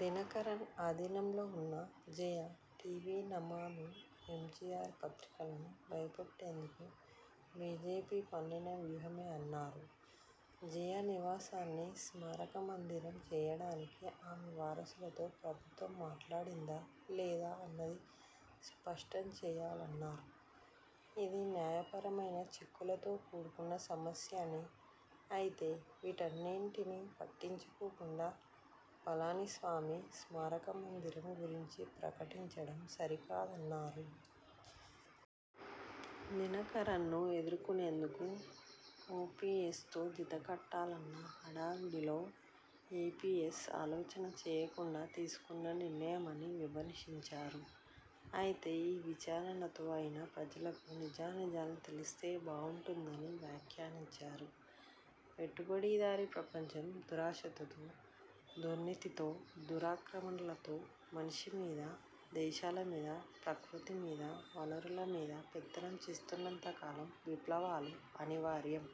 దినకరన్ ఆధీనంలో వున్న జయా టీవీ, నమదు ఎంజీఆర్ పత్రికలను భయపెట్టేందుకు బీజేపీ పన్నిన వ్యూహమేనన్నారు. జయ నివాసాన్ని స్మారకమందిరం చేయడానికి ఆమె వారసులతో ప్రభుత్వం మాట్లాడిందా లేదా అన్నది స్పష్టం చేయాలన్నారు. ఇది న్యాయపరమైన చిక్కులతో కూడుకున్న సమస్య అని, అయితే వీటన్నింటినీ పట్టించుకోకుండా పళనిస్వామి స్మారకమందిరం గురించి ప్రకటించడం సరికాదన్నారు. దినకరన్ను ఎదుర్కొనేందుకు ఓపీఎస్తో జత కట్టాలన్న హడావుడిలో ఈపీఎస్ ఆలోచన చేయకుండా తీసుకున్న నిర్ణయమని విమర్శించారు. అయితే ఈ విచారణతో అయినా ప్రజలకు నిజానిజాలు తెలిస్తే బావుంటుందని వ్యాఖ్యానించారు. పెట్టుబడిదారీ ప్రపంచం దురాశతో, దుర్నీతితో, దురాక్రమణలతో మనిషి మీద, దేశాల మీద, ప్రకృతి మీద, వనరుల మీద పెత్తనం చేస్తున్నంత కాలం విప్లవాలు అనివార్యం.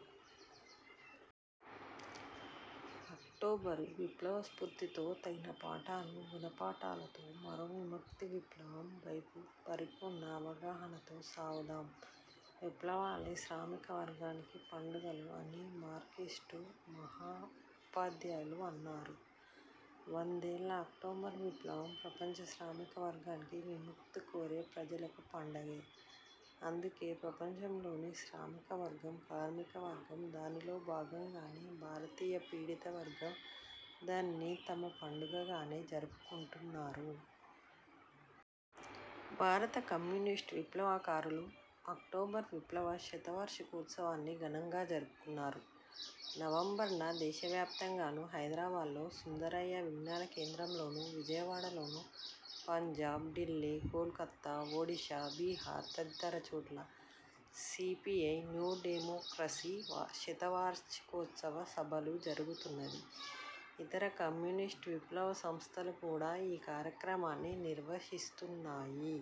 అక్టోబరు విప్లవ స్ఫూర్తితో, తగిన పాఠాలు, గుణపాఠాలతో మరో విముక్తి విప్లవం వైపు పరిపూర్ణ అవగాహనతో సాగుదాం. విప్లవాలే శ్రామిక వర్గానికి పండుగలు అని మార్క్సిస్టు మహోపాధ్యాయులు అన్నారు. వందేళ్ళ అక్టోబర్ విప్లవం ప్రపంచ శ్రామిక వర్గానికి, విముక్తి కోరే ప్రజలకు పండుగే. అందుకే ప్రపంచంలోని శ్రామికవర్గం, కార్మికవర్గం, దానిలో భాగంగానే భారతీయ పీడిత వర్గం దానిని తమ పండుగగానే జరుపుకుంటున్నారు. భారత కమ్యూనిస్టు విప్లవకారులు అక్టోబరు విప్లవ శతవార్షికోత్సవాన్ని ఘనంగా జరుపుతున్నారు. నవంబర్ న దేశవ్యాప్తంగానూ, హైదరాబాద్లో సుందరయ్య విజ్ఞాన కేంద్రంలోనూ, విజయవాడలోనూ, పంజాబ్, ఢిల్లీ, కోల్కత్తా, ఒడిశా, బీహార్ తదితర చోట్ల సీపీఐ న్యూడెమోక్రసీ శతవార్షికోత్సవ సభలు జరుపుతున్నది. యితర కమ్యూనిస్టు విప్లవ సంస్థలు కూడా యీ కార్యక్రమాన్ని నిర్వహిస్తున్నాయి.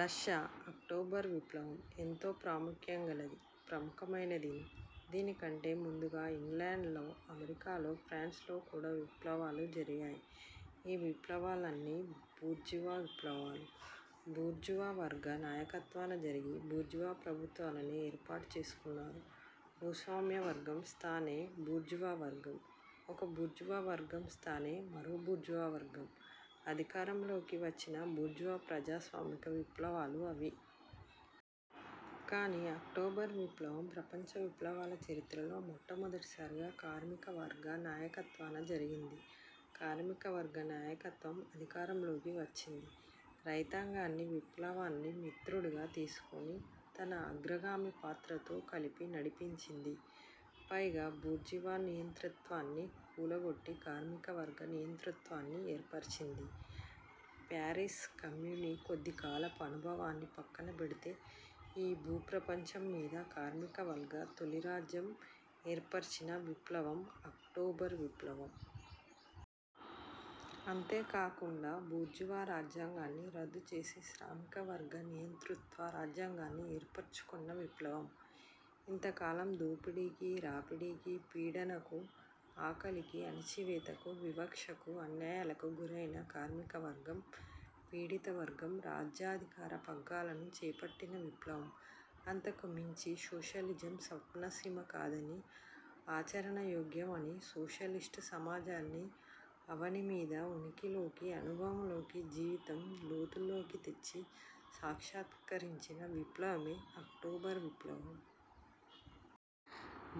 రష్యా అక్టోబర్ విప్లవం ఎంతో ప్రాముఖ్యం గలదీ ప్రముఖమైనదీనూ. దీనికంటే ముందుగా ఇంగ్లాండులో, అమెరికాలో, ఫ్రాన్సులో కూడా విప్లవాలు జరిగాయి. ఈ విప్లవాలన్నీ బూర్జువా విప్లవాలు. బూర్జువా వర్గ నాయకత్వాన జరిగి, బూర్జువా ప్రభుత్వాలనే ఏర్పాటు చేసుకున్నారు. భూస్వామ్యవర్గం స్థానే బూర్జువావర్గం, ఒక బూర్జువావర్గం స్థానే మరో బూర్జువావర్గం అధికారంలోకి వచ్చిన బూర్జువా ప్రజాస్వామిక విప్లవాలు అవి. కానీ, అక్టోబర్ విప్లవం ప్రపంచ విప్లవాల చరిత్రలో మొట్టమొదటిసారిగా కార్మిక వర్గ నాయకత్వాన జరిగింది. కార్మికవర్గ నాయకత్వం అధికారంలోకి వచ్చింది. రైతాంగాన్ని విప్లవాన్ని మిత్రుడిగా చేసుకొని తన అగ్రగామి పాత్రతో కలిపి నడిపించింది. పైగా బూర్జువా నియంతృత్వాన్ని కూలగొట్టి, కార్మికవర్గ నియంతృత్వాన్ని ఏర్పరిచింది. పారిస్ కమ్యూన్ కొద్దికాలపు అనుభవాన్ని పక్కనపెడితే, యీ భూ ప్రపంచం మీద కార్మికవర్గ తొట్ట తొలి రాజ్యం ఏర్పరిచిన విప్లవం అక్టోబర్ విప్లవం. అంతేగాకుండా బూర్జువా రాజ్యాంగాన్ని రద్దు చేసి, శ్రామికవర్గ నియంతృత్వ రాజ్యాంగాన్ని ఏర్పరుచుకొన్న విప్లవం. ఇంతకాలం దోపిడికి, రాపిడికి, పీడనకు, ఆకలికి, అణచివేతకు, వివక్షకు, అన్యాయాలకు గురైన కార్మికవర్గం, పీడితవర్గం రాజ్యాధికార పగ్గాలను చేపట్టిన విప్లవం. అంతకుమించి సోషలిజం స్వప్న సీమ కాదని, ఆచరణయోగ్యం అని సోషలిస్టు సమాజాన్ని అవని మీద ఉనికిలోకీ, అనుభవంలోకీ, జీవితం లోతుల్లోకీ తెచ్చి, సాక్షాత్కరించిన విప్లవమే అక్టోబర్ విప్లవం.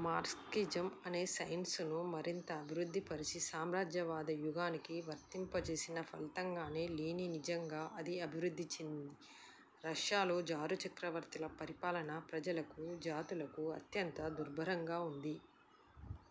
మార్క్సిజం అనే సైన్సును మరింత అభివృద్ధిపరిచి, సామ్రాజ్యవాద యుగానికి వర్తింపచేసిన ఫలితంగానే లెనినిజంగా అది అభివృద్ధి చెందింది. రష్యాలో జారు చక్రవర్తుల పరిపాలన ప్రజలకు, జాతులకు అత్యంత దుర్భరంగా వున్నది.